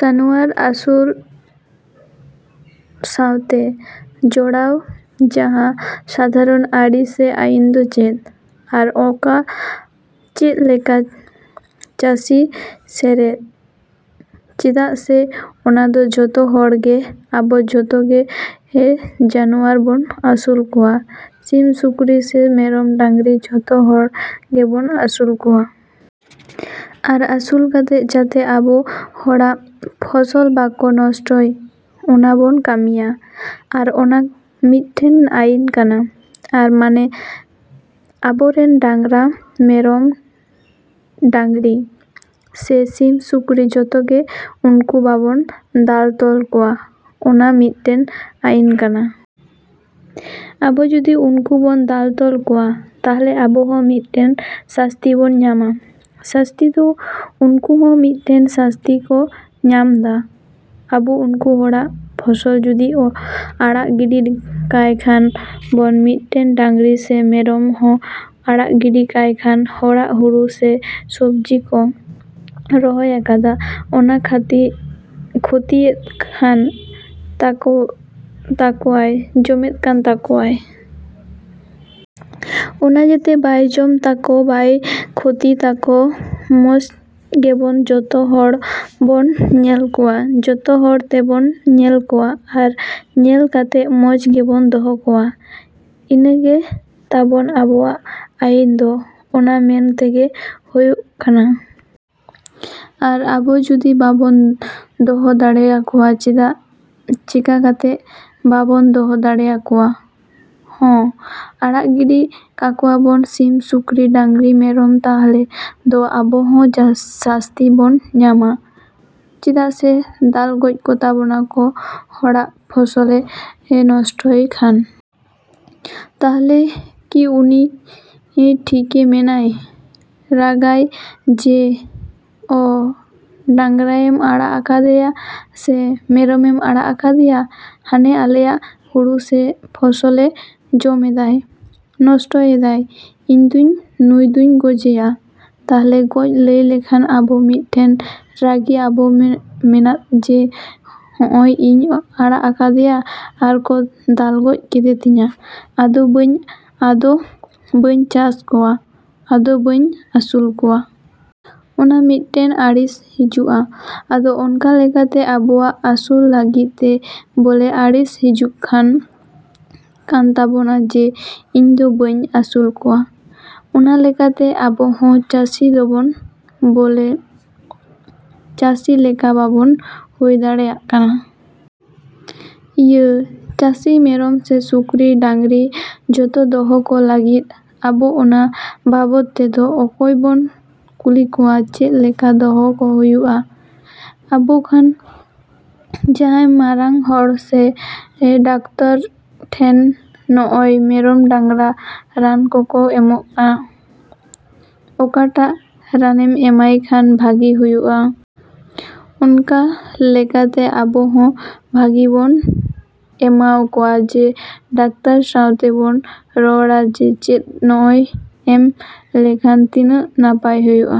‎ᱡᱟᱱᱣᱟᱨ ᱟᱹᱥᱩᱞ ᱥᱟᱶᱛᱮ ᱡᱚᱲᱟᱣ ᱡᱟᱸᱦᱟ ᱥᱟᱫᱷᱟᱨᱚᱱ ᱟᱹᱨᱤ ᱥᱮ ᱟᱹᱭᱤᱱ ᱫᱚ ᱪᱮᱫ? ᱟᱨ ᱚᱠᱟ ᱪᱮᱫ ᱞᱮᱠᱟ ᱪᱟᱹᱥᱤ ᱥᱮᱨᱮᱫ? ᱪᱮᱫᱟᱜ ᱥᱮ ᱚᱱᱟ ᱫᱚ ᱡᱚᱛᱚ ᱦᱚᱲ ᱜᱮ ᱟᱵᱚ ᱡᱚᱛᱚ ᱜᱮ ᱡᱟᱱᱣᱟᱨ ᱵᱚᱱ ᱟᱹᱥᱩᱞ ᱠᱚᱣᱟ, ᱥᱤᱢ, ᱥᱩᱠᱨᱤ ᱥᱮ ᱢᱮᱨᱚᱢ, ᱰᱟᱹᱝᱨᱤ ᱡᱚᱛᱚ ᱦᱚᱲ ᱜᱮᱵᱚᱱ ᱟᱹᱥᱩᱞ ᱠᱚᱣᱟ᱾ ᱟᱨ ᱟᱹᱥᱩᱞ ᱠᱟᱛᱮ ᱡᱟᱛᱮ ᱟᱵᱚ ᱦᱚᱲᱟᱜ ᱯᱷᱚᱥᱚᱞ ᱵᱟᱠᱚ ᱱᱚᱥᱴᱚᱭ, ᱚᱱᱟ ᱵᱚᱱ ᱠᱟᱹᱢᱤᱭᱟ᱾ ᱟᱨ ᱚᱱᱟ ᱢᱤᱫᱴᱮᱱ ᱟᱹᱭᱤᱱ ᱠᱟᱱᱟ᱾ ᱟᱨ ᱢᱟᱱᱮ ᱟᱵᱚᱨᱮᱱ ᱰᱟᱝᱨᱟ, ᱢᱮᱨᱚᱢ, ᱰᱟᱹᱝᱨᱤ ᱥᱮ ᱥᱤᱢ, ᱥᱩᱠᱨᱤ ᱡᱚᱛᱚ ᱜᱮ ᱩᱱᱠᱩ ᱵᱟᱵᱚᱱ ᱫᱟᱞ ᱛᱚᱞ ᱠᱚᱣᱟ, ᱚᱱᱟ ᱢᱤᱫᱴᱮᱱ ᱟᱹᱭᱤᱱ ᱠᱟᱱᱟ᱾ ᱟᱵᱚ ᱡᱩᱫᱤ ᱩᱱᱠᱩ ᱵᱚᱱ ᱫᱟᱞ ᱛᱚᱞ ᱠᱚᱣᱟ ᱛᱟᱦᱚᱞᱮ ᱟᱵᱚ ᱦᱚᱸ ᱢᱤᱫᱴᱮᱱ ᱥᱟᱹᱥᱛᱤ ᱵᱚᱱ ᱧᱟᱢᱟ᱾ ᱥᱟᱹᱥᱛᱤ ᱫᱚ ᱩᱱᱠᱩ ᱦᱚᱸ ᱢᱤᱫᱴᱮᱱ ᱥᱟᱹᱥᱛᱤ ᱠᱚ ᱧᱟᱢᱫᱟ᱾ ᱟᱵᱚ ᱩᱱᱠᱩ ᱦᱚᱲᱟᱜ ᱯᱷᱚᱥᱚᱞ ᱡᱩᱫᱤ ᱟᱲᱟᱜ ᱜᱤᱰᱤ ᱠᱟᱭ ᱠᱷᱟᱱ ᱵᱚᱱ, ᱢᱤᱫᱴᱮᱱ ᱰᱟᱹᱝᱨᱤ ᱥᱮ ᱢᱮᱨᱚᱢ ᱦᱚᱸ ᱟᱲᱟᱜ ᱜᱤᱰᱤ ᱠᱟᱭᱠᱷᱟᱱ ᱦᱚᱲᱟᱜ ᱦᱩᱲᱩ ᱥᱮ ᱥᱚᱵᱽᱡᱤ ᱠᱚ ᱨᱚᱦᱚᱭ ᱟᱠᱟᱫᱟ, ᱚᱱᱟ ᱠᱷᱚᱛᱤᱭᱮᱫ ᱠᱟᱱ ᱛᱟᱠᱚᱣᱟᱭ, ᱡᱚᱢᱮᱫ ᱠᱟᱱ ᱛᱟᱠᱚᱣᱟᱭ᱾ ᱚᱱᱟ ᱡᱟᱛᱮ ᱵᱟᱭ ᱡᱚᱢ ᱛᱟᱠᱚ, ᱵᱟᱭ ᱠᱷᱚᱛᱤᱭ ᱛᱟᱠᱚ, ᱢᱚᱡᱽ ᱜᱮᱵᱚᱱ ᱡᱚᱛᱚ ᱦᱚᱲ ᱵᱚᱱ ᱧᱮᱞ ᱠᱚᱣᱟ, ᱡᱚᱛᱚ ᱦᱚᱲ ᱛᱮᱵᱚᱱ ᱧᱮᱞ ᱠᱚᱣᱟ᱾ ᱟᱨ ᱧᱮᱞ ᱠᱟᱛᱮᱫ ᱢᱚᱡᱽ ᱜᱮᱵᱚᱱ ᱫᱚᱦᱚ ᱠᱚᱣᱟ᱾ ᱤᱱᱟᱹ ᱜᱮ ᱛᱟᱵᱚᱱ ᱟᱵᱚᱣᱟᱜ ᱟᱹᱭᱤᱱ ᱫᱚ ᱚᱱᱟ ᱢᱮᱱ ᱛᱮᱜᱮ ᱦᱩᱭᱩᱜ ᱠᱟᱱᱟ᱾ ᱟᱨ ᱟᱵᱚ ᱡᱩᱫᱤ ᱵᱟᱵᱚᱱ ᱫᱚᱦᱚ ᱫᱟᱲᱮ ᱟᱠᱚᱣᱟ, ᱪᱮᱠᱟ ᱛᱮ ᱵᱟᱵᱚᱱ ᱫᱚᱦᱚ ᱫᱟᱲᱮᱭᱟᱠᱚᱣᱟ ᱦᱚᱸ ᱟᱲᱟᱜ ᱜᱤᱰᱤ ᱠᱟᱠᱚᱣᱟᱵᱚᱱ ᱥᱤᱢ, ᱥᱩᱠᱨᱤ, ᱰᱟᱝᱨᱟ, ᱢᱮᱨᱚᱢ, ᱛᱟᱦᱚᱞᱮ ᱫᱚ ᱟᱵᱚ ᱦᱚᱸ ᱥᱟᱹᱥᱛᱤ ᱵᱚᱱ ᱧᱟᱢᱟ᱾ ᱪᱮᱫᱟᱜ ᱥᱮ ᱫᱟᱞ ᱜᱚᱡ ᱠᱚᱛᱟ ᱵᱚᱱᱟ ᱠᱚ ᱦᱚᱲᱟᱜ ᱯᱷᱚᱥᱚᱞᱮ ᱱᱚᱥᱴᱚᱭ ᱠᱷᱟᱱ᱾ ᱛᱟᱦᱚᱞᱮ ᱠᱤ ᱩᱱᱤ ᱴᱷᱤᱠᱮ ᱢᱮᱱᱟᱭ, ᱨᱟᱸᱜᱟᱜ ᱟᱭ ᱡᱮ ᱚ ᱰᱟᱝᱨᱟᱭᱮᱢ ᱟᱲᱟᱜ ᱟᱠᱟᱫᱮᱭᱟ ᱥᱮ ᱢᱮᱨᱚᱢᱮᱢ ᱟᱲᱟᱜ ᱟᱠᱟᱫᱮᱭᱟ, ᱦᱟᱱᱮ ᱟᱞᱮᱭᱟᱜ ᱦᱩᱲᱩ ᱥᱮ ᱯᱷᱚᱥᱚᱞᱮ ᱡᱚᱢᱮᱫᱟᱭ, ᱱᱚᱥᱴᱚᱭᱮᱫᱟᱭ, ᱤᱧ ᱫᱚᱧ ᱱᱩᱭ ᱫᱚᱧ ᱜᱚᱡᱮᱭᱟ᱾ ᱛᱟᱦᱚᱞᱮ ᱜᱚᱡ ᱞᱮᱭᱠᱷᱟᱱᱮ ᱟᱵᱚ ᱢᱤᱫᱴᱮᱱ ᱨᱟᱹᱜᱤᱜ ᱟᱵᱚ ᱢᱮᱱᱟᱵᱚ ᱡᱮ ᱦᱚᱜᱼᱚᱭ ᱤᱧ ᱟᱲᱟᱜ ᱟᱠᱟᱫᱮᱭᱟ ᱟᱨ ᱠᱚ ᱫᱟᱞ ᱜᱚᱡ ᱠᱮᱫᱮ ᱛᱤᱧᱟᱹ, ᱟᱫᱚ ᱵᱟᱹᱧ ᱟᱫᱚ ᱵᱟᱹᱧ ᱪᱟᱥ ᱠᱚᱣᱟ, ᱟᱫᱚ ᱵᱟᱹᱧ ᱟᱹᱥᱩᱞ ᱠᱚᱣᱟ᱾ ᱚᱱᱟ ᱢᱤᱫᱴᱮᱱ ᱟᱹᱲᱤᱥ ᱦᱤᱡᱩᱜᱼᱟ᱾ ᱟᱫᱚ ᱚᱱᱠᱟ ᱞᱮᱠᱟᱛᱮ ᱟᱵᱚᱣᱟᱜ ᱟᱹᱥᱩᱞ ᱞᱟᱹᱜᱤᱫ ᱛᱮ ᱵᱚᱞᱮ ᱟᱹᱲᱤᱥ ᱦᱤᱡᱩᱜ ᱠᱟᱱ ᱛᱟᱵᱚᱱᱟ ᱡᱮ ᱤᱧ ᱫᱚ ᱵᱟᱹᱧ ᱟᱹᱥᱩᱞ ᱠᱚᱣᱟ᱾ ᱚᱱᱟ ᱞᱮᱠᱟ ᱛᱮ ᱟᱵᱚ ᱦᱚᱸ ᱪᱟᱹᱥᱤ ᱫᱚᱵᱚᱱ ᱵᱚᱞᱮ ᱪᱟᱹᱥᱤ ᱞᱮᱠᱟ ᱵᱟᱵᱚᱱ ᱦᱩᱭ ᱫᱟᱲᱮᱭᱟᱜ ᱠᱟᱱᱟ᱾ ᱤᱭᱟᱹ ᱪᱟᱹᱥᱤ ᱢᱮᱨᱚᱢ ᱥᱮ ᱥᱩᱠᱨᱤ, ᱰᱟᱹᱝᱨᱤ ᱡᱚᱛᱚ ᱫᱚᱦᱚ ᱠᱚ ᱞᱟᱹᱜᱤᱫ ᱟᱵᱚ ᱚᱱᱟ ᱵᱟᱵᱚᱫ ᱛᱮᱫᱚ ᱚᱠᱚᱭ ᱵᱚᱱ ᱠᱩᱞᱤ ᱠᱚᱣᱟ ᱪᱮᱫ ᱞᱮᱠᱟ ᱫᱚᱦᱚ ᱠᱚ ᱦᱩᱭᱩᱜᱼᱟ? ᱟᱵᱚ ᱠᱷᱚᱱ ᱡᱟᱦᱟᱸᱭ ᱢᱟᱨᱟᱝ ᱦᱚᱲ ᱥᱮ ᱰᱟᱠᱛᱟᱨ ᱴᱷᱮᱱ ᱱᱚᱜᱼᱚᱭ ᱢᱮᱨᱚᱢ ᱰᱟᱝᱨᱟ ᱨᱟᱱ ᱠᱚᱠᱚ ᱮᱢᱚᱜᱼᱟ, ᱚᱠᱟᱴᱟᱜ ᱨᱟᱱᱮᱢ ᱮᱢᱟᱭ ᱠᱷᱟᱱ ᱵᱷᱟᱹᱜᱤ ᱦᱩᱭᱩᱜᱼᱟ᱾ ᱚᱱᱠᱟ ᱞᱮᱠᱟᱛᱮ ᱟᱵᱚ ᱦᱚᱸ ᱵᱷᱟᱹᱜᱤ ᱵᱚᱱ ᱮᱢᱟᱣᱟᱠᱚᱣᱟ ᱡᱮ ᱰᱟᱠᱛᱟᱨ ᱥᱟᱣᱛᱮ ᱵᱚ ᱨᱚᱲᱟ ᱡᱮ ᱪᱮᱫ ᱱᱚᱜᱼᱚᱭ ᱮᱢ ᱞᱮᱠᱷᱟᱱ ᱛᱤᱱᱟ.ᱜ ᱱᱟᱯᱟᱭ ᱦᱳᱭᱳᱜ ᱟ᱾